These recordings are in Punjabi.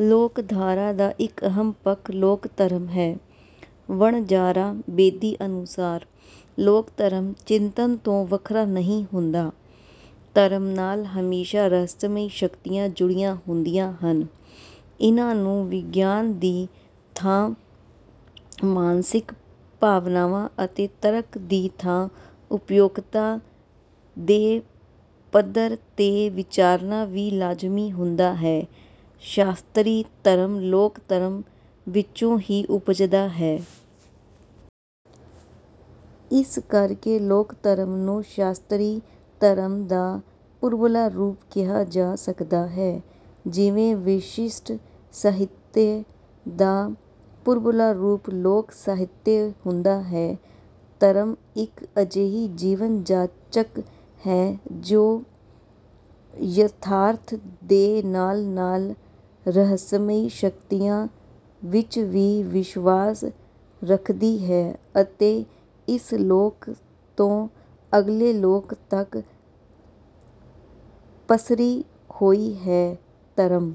ਲੋਕਧਾਰਾ ਦਾ ਇੱਕ ਅਹਿਮ ਪੱਖ ਲੋਕ-ਧਰਮ ਹੈ। ਵਣਜਾਰਾ ਬੇਦੀ ਅਨੁਸਾਰ ਲੋਕ-ਧਰਮ ਚਿੰਤਨ ਤੋਂ ਵੱਖਰਾ ਨਹੀਂ ਹੁੰਦਾ। ਧਰਮ ਨਾਲ ਹਮੇਸ਼ਾ ਰਹੱਸਮਈ ਸ਼ਕਤੀਆਂ ਜੁੜੀਆਂ ਹੁੰਦੀਆਂ ਹਨ। ਇਨ੍ਹਾਂ ਨੂੰ ਵਿਗਿਆਨ ਦੀ ਥਾਂ ਮਾਨਸਿਕ ਭਾਵਨਾਵਾਂ ਅਤੇ ਤਰਕ ਦੀ ਥਾਂ ਉਪਯੋਗਤਾ ਦੇ ਪੱਧਰ ’ਤੇ ਵਿਚਾਰਨਾ ਵੀ ਲਾਜ਼ਮੀ ਹੁੰਦਾ ਹੈ ਸ਼ਾਸਤਰੀ ਧਰਮ ਲੋਕ-ਧਰਮ ਵਿੱਚੋਂ ਹੀ ਉਪਜਦਾ ਹੈ। ਇਸ ਕਰਕੇ ਲੋਕ-ਧਰਮ ਨੂੰ ਸ਼ਾਸਤਰੀ ਧਰਮ ਦਾ ਪੂਰਬਲਾ ਰੂਪ ਕਿਹਾ ਜਾ ਸਕਦਾ ਹੈ, ਜਿਵੇਂ ਵਿਸ਼ਿਸ਼ਟ ਸਾਹਿਤ ਦਾ ਪੂਰਬਲਾ ਰੂਪ ਲੋਕ-ਸਾਹਿਤ ਹੁੰਦਾ ਹੈ। ਧਰਮ ਇੱਕ ਅਜਿਹੀ ਜੀਵਨ-ਜਾਚ ਹੈ ਜੋ ਯਥਾਰਥ ਦੇ ਨਾਲ-ਨਾਲ ਰਹੱਸਮਈ ਸ਼ਕਤੀਆਂ ਵਿੱਚ ਵੀ ਵਿਸ਼ਵਾਸ ਰੱਖਦੀ ਹੈ ਅਤੇ ਇਸ ਲੋਕ ਤੋਂ ਅਗਲੇ ਲੋਕ ਤੱਕ ਪਸਰੀ ਹੋਈ ਹੈ। ਧਰਮ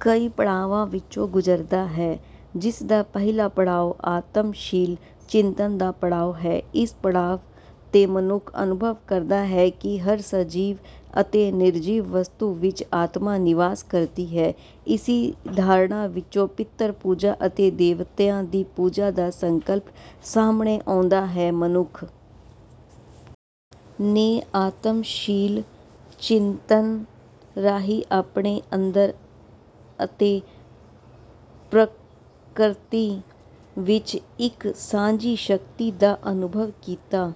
ਕਈ ਪੜਾਵਾਂ ਵਿੱਚੋਂ ਗੁਜ਼ਰਦਾ ਹੈ, ਜਿਸ ਦਾ ਪਹਿਲਾ ਪੜਾਅ ਆਤਮਸ਼ੀਲ ਚਿੰਤਨ ਦਾ ਪੜਾਅ ਹੈ। ਇਸ ਪੜਾਅ ’ਤੇ ਮਨੁੱਖ ਅਨੁਭਵ ਕਰਦਾ ਹੈ ਕਿ ਹਰ ਸਜੀਵ ਅਤੇ ਨਿਰਜੀਵ ਵਸਤੂ ਵਿੱਚ ਆਤਮਾ ਨਿਵਾਸ ਕਰਦੀ ਹੈ। ਇਸੇ ਧਾਰਨਾ ਵਿੱਚੋਂ ਪਿਤਰ-ਪੂਜਾ ਅਤੇ ਦੇਵਤਿਆਂ ਦੀ ਪੂਜਾ ਦਾ ਸੰਕਲਪ ਸਾਹਮਣੇ ਆਉਂਦਾ ਹੈ। ਮਨੁੱਖ ਨੇ ਆਤਮਸ਼ੀਲ ਚਿੰਤਨ ਰਾਹੀਂ ਆਪਣੇ ਅੰਦਰ ਅਤੇ ਪ੍ਰਕਿਰਤੀ ਵਿੱਚ ਇੱਕ ਸਾਂਝੀ ਸ਼ਕਤੀ ਦਾ ਅਨੁਭਵ ਕੀਤਾ,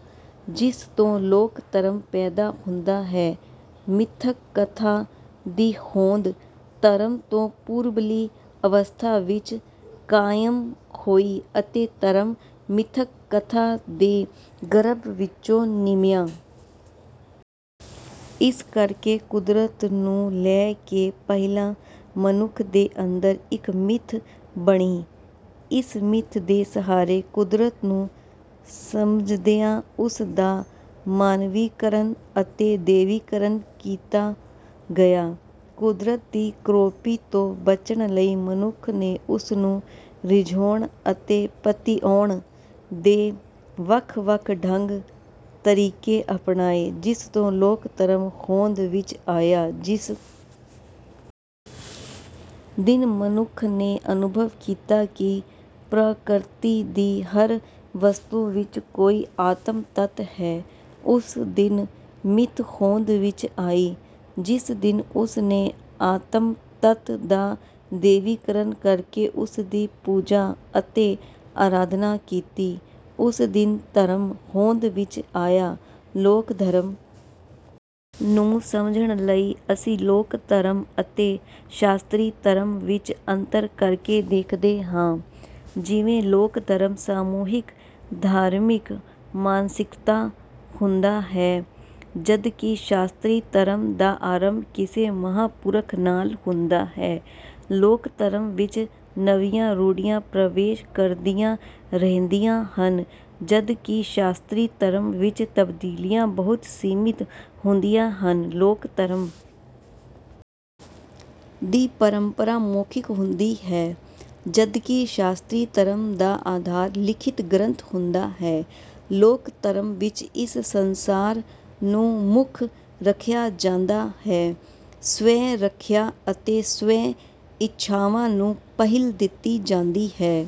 ਜਿਸ ਤੋਂ ਲੋਕ-ਧਰਮ ਪੈਦਾ ਹੁੰਦਾ ਹੈ ਮਿਥਕ-ਕਥਾ ਦੀ ਹੋਂਦ ਧਰਮ ਤੋਂ ਪੂਰਬਲੀ ਅਵਸਥਾ ਵਿੱਚ ਕਾਇਮ ਹੋਈ ਅਤੇ ਧਰਮ ਮਿਥਕ-ਕਥਾ ਦੇ ਗਰਭ ਵਿੱਚੋਂ ਨਿਮਿਆ। ਇਸ ਕਰਕੇ ਕੁਦਰਤ ਨੂੰ ਲੈ ਕੇ ਪਹਿਲਾਂ ਮਨੁੱਖ ਦੇ ਅੰਦਰ ਇੱਕ ਮਿੱਥ ਬਣੀ। ਇਸ ਮਿੱਥ ਦੇ ਸਹਾਰੇ ਕੁਦਰਤ ਨੂੰ ਸਮਝਦਿਆਂ ਉਸ ਦਾ ਮਾਨਵੀਕਰਨ ਅਤੇ ਦੈਵੀਕਰਨ ਕੀਤਾ ਗਿਆ। ਕੁਦਰਤ ਦੀ ਕ੍ਰੋਪੀ ਤੋਂ ਬਚਣ ਲਈ ਮਨੁੱਖ ਨੇ ਉਸ ਨੂੰ ਰਿਝਾਉਣ ਅਤੇ ਪਤਿਆਉਣ ਦੇ ਵੱਖ-ਵੱਖ ਢੰਗ-ਤਰੀਕੇ ਅਪਣਾਏ, ਜਿਸ ਤੋਂ ਲੋਕ-ਧਰਮ ਹੋਂਦ ਵਿੱਚ ਆਇਆ। ਜਿਸ ਦਿਨ ਮਨੁੱਖ ਨੇ ਅਨੁਭਵ ਕੀਤਾ ਕਿ ਪ੍ਰਕਿਰਤੀ ਦੀ ਹਰ ਵਸਤੂ ਵਿੱਚ ਕੋਈ ਆਤਮ-ਤੱਤ ਹੈ, ਉਸ ਦਿਨ ਮਿੱਥ ਹੋਂਦ ਵਿੱਚ ਆਈ। ਜਿਸ ਦਿਨ ਉਸ ਨੇ ਆਤਮ-ਤੱਤ ਦਾ ਦੈਵੀਕਰਨ ਕਰਕੇ ਉਸ ਦੀ ਪੂਜਾ ਅਤੇ ਅਰਾਧਨਾ ਕੀਤੀ, ਉਸ ਦਿਨ ਧਰਮ ਹੋਂਦ ਵਿੱਚ ਆਇਆ। ਲੋਕ-ਧਰਮ ਨੂੰ ਸਮਝਣ ਲਈ ਅਸੀਂ ਲੋਕ-ਧਰਮ ਅਤੇ ਸ਼ਾਸਤਰੀ ਧਰਮ ਵਿੱਚ ਅੰਤਰ ਕਰਕੇ ਦੇਖਦੇ ਹਾਂ। ਜਿਵੇਂ ਲੋਕ-ਧਰਮ ਸਮੂਹਿਕ ਧਾਰਮਿਕ ਮਾਨਸਿਕਤਾ ਹੁੰਦਾ ਹੈ, ਜਦਕਿ ਸ਼ਾਸਤਰੀ ਧਰਮ ਦਾ ਆਰੰਭ ਕਿਸੇ ਮਹਾਂਪੁਰਖ ਨਾਲ ਹੁੰਦਾ ਹੈ। ਲੋਕ-ਧਰਮ ਵਿੱਚ ਨਵੀਆਂ ਰੂੜੀਆਂ ਪ੍ਰਵੇਸ਼ ਕਰਦੀਆਂ ਰਹਿੰਦੀਆਂ ਹਨ, ਜਦਕਿ ਸ਼ਾਸਤਰੀ ਧਰਮ ਵਿੱਚ ਤਬਦੀਲੀਆਂ ਬਹੁਤ ਸੀਮਿਤ ਹੁੰਦੀਆਂ ਹਨ। ਲੋਕ-ਧਰਮ ਦੀ ਪਰੰਪਰਾ ਮੌਖਿਕ ਹੁੰਦੀ ਹੈ, ਜਦਕਿ ਸ਼ਾਸਤਰੀ ਧਰਮ ਦਾ ਆਧਾਰ ਲਿਖਤੀ ਗ੍ਰੰਥ ਹੁੰਦਾ ਹੈ। ਲੋਕ-ਧਰਮ ਵਿੱਚ ਇਸ ਸੰਸਾਰ ਨੂੰ ਮੁੱਖ ਰੱਖਿਆ ਜਾਂਦਾ ਹੈ। ਸਵੈ-ਰੱਖਿਆ ਅਤੇ ਸਵੈ-ਇੱਛਾਵਾਂ ਨੂੰ ਪਹਿਲ ਦਿੱਤੀ ਜਾਂਦੀ ਹੈ।